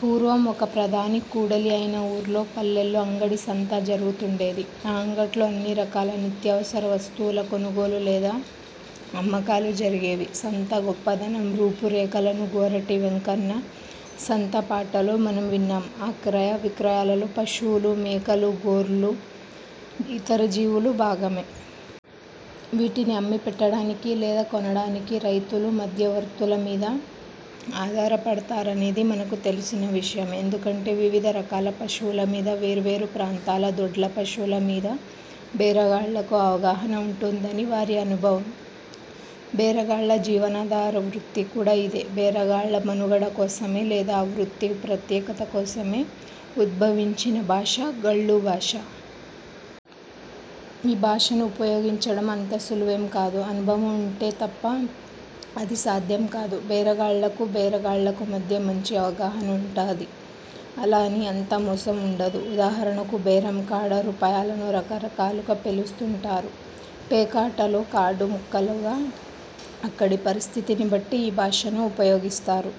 పూర్వం ఒక ప్రధాన కూడలి అయిన ఊర్లో, పల్లెల్లో అంగడి సంత జరుగుతుండేది. ఆ అంగట్లో అన్ని రకాల నిత్యావసర వస్తువుల కొనుగోలు లేదా అమ్మకాలు జరిగేవి. సంత గొప్పదనం, రూపు రేఖలను గోరటి వెంకన్న సంత పాటలో మనం విన్నాం. ఆ క్రయ విక్రయాలలో పశువులు, మేకలు, గొర్లు, ఇతర జీవులు భాగమే. వీటిని అమ్మి పెట్టడానికి లేదా కొనడానికి రైతులు మధ్యవర్తుల మీద ఆధారపడతారనేది మనకు తెలిసిన విషయమే. ఎందుకంటే, వివిధ రకాల పశువులమీద, వేర్వేరు ప్రాంతాల దొడ్ల పశువులమీద బేరగాళ్ళకు అవగాహన ఉంటుందని వారి అనుభవం. బేరగాళ్ళ జీవనాధార వృత్తి కూడా ఇదే. బేరగాళ్ళ మనుగడ కోసమో, లేదా ఆ వృత్తి ప్రత్యేకత కోసమో ఉద్భవించిన భాష 'గళ్లు భాష'. ఈ భాషను ఉపయోగించడం అంత సులువేం కాదు. అనుభవం ఉంటే తప్ప అది సాధ్యం కాదు. బేరగాళ్ళకు, బేరగాళ్లకు మధ్య మంచి అవగాహన ఉంటది. అలా అని అంతా మోసం ఉండదు. ఉదాహరణకు బేరంకాడ రూపాయలను రకరకాలుగా పిలుస్తుంటరు. పేకాటలో కార్డు ముక్కల్లాగా అక్కడి పరిస్థితిని బట్టి ఈ భాషను ఉపయోగిస్తారు.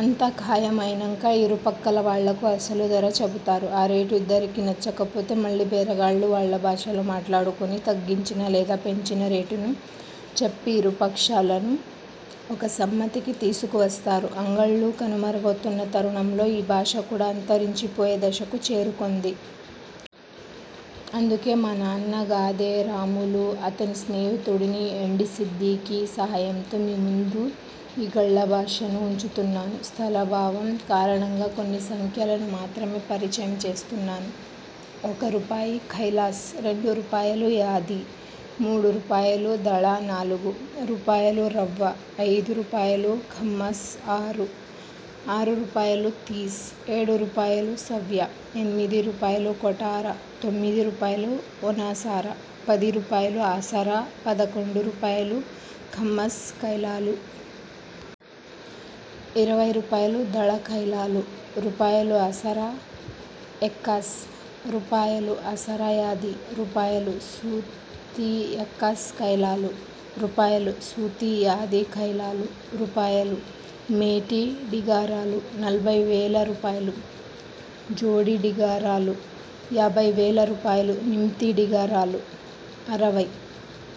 అంతా ఖాయం అయినంక ఇరుపక్కల వాళ్ళకు అసలు ధర చెబుతారు. ఆ రేటు ఇద్దరికీ నచ్చక పోతే మళ్ళీ బేరగాళ్ళు వాళ్ళ భాషలో మాట్లాడుకొని తగ్గించిన లేదా పెంచిన రేటును చెప్పి ఇరుపక్షాలనూ ఒక సమ్మతికి తీసుకు వస్తారు. అంగళ్లు కనుమరుగవుతున్న తరుణంలో ఈ భాష కూడా అంతరించిపోయే దశకు చేరుకుంది. అందుకే, మా నాన్న గాదె రాములు, అతని స్నేహితుడు ఎండీ సిద్దిఖీ సహాయంతో మీ ముందు ఈ గళ్ళ భాషను ఉంచుతున్నాను. స్థలాభావం కారణంగా కొన్ని సంఖ్యలను మాత్రమే పరిచయం చేస్తున్నాను. ఒక రూపాయి ,ఖైలాస్, రెండు రూపాయలు ,యాది, మూడురూపాయలు, దళ, నాలుగు రూపాయలు ,రవ్వ, ఐదు రూపాయలు ,ఖమ్మస్, ఆరు రూపాయలు ,తీస్, ఏడురూపాయలు ,సవ్య, ఎనిమిది రూపాయలు ,కోటర, తొమ్మిది రూపాయలు ,ఒనసార, పది రూపాయలు ,ఆసరా పదకొండు రూపాయలు, ఖమ్మస్ ఖైలలు. ఇరవై రూపాయలు, దళ ఖైలలు, రూపాయలు ఆసర ఎక్కాస్, రూపాయలు ,ఆసర యాది, రూపాయలు ,సుతి ఎక్కాస్ ఖైలలు, రూపాయలు, సుతి యాది ఖైలలు, రూపాయలు ,మేటి డిగారాలు, నలభై వేల రూపాయలు, జోడి డిగారాలు, యాభై వేల రూపాయలు, నిమ్తి డిగారాలు, అరవై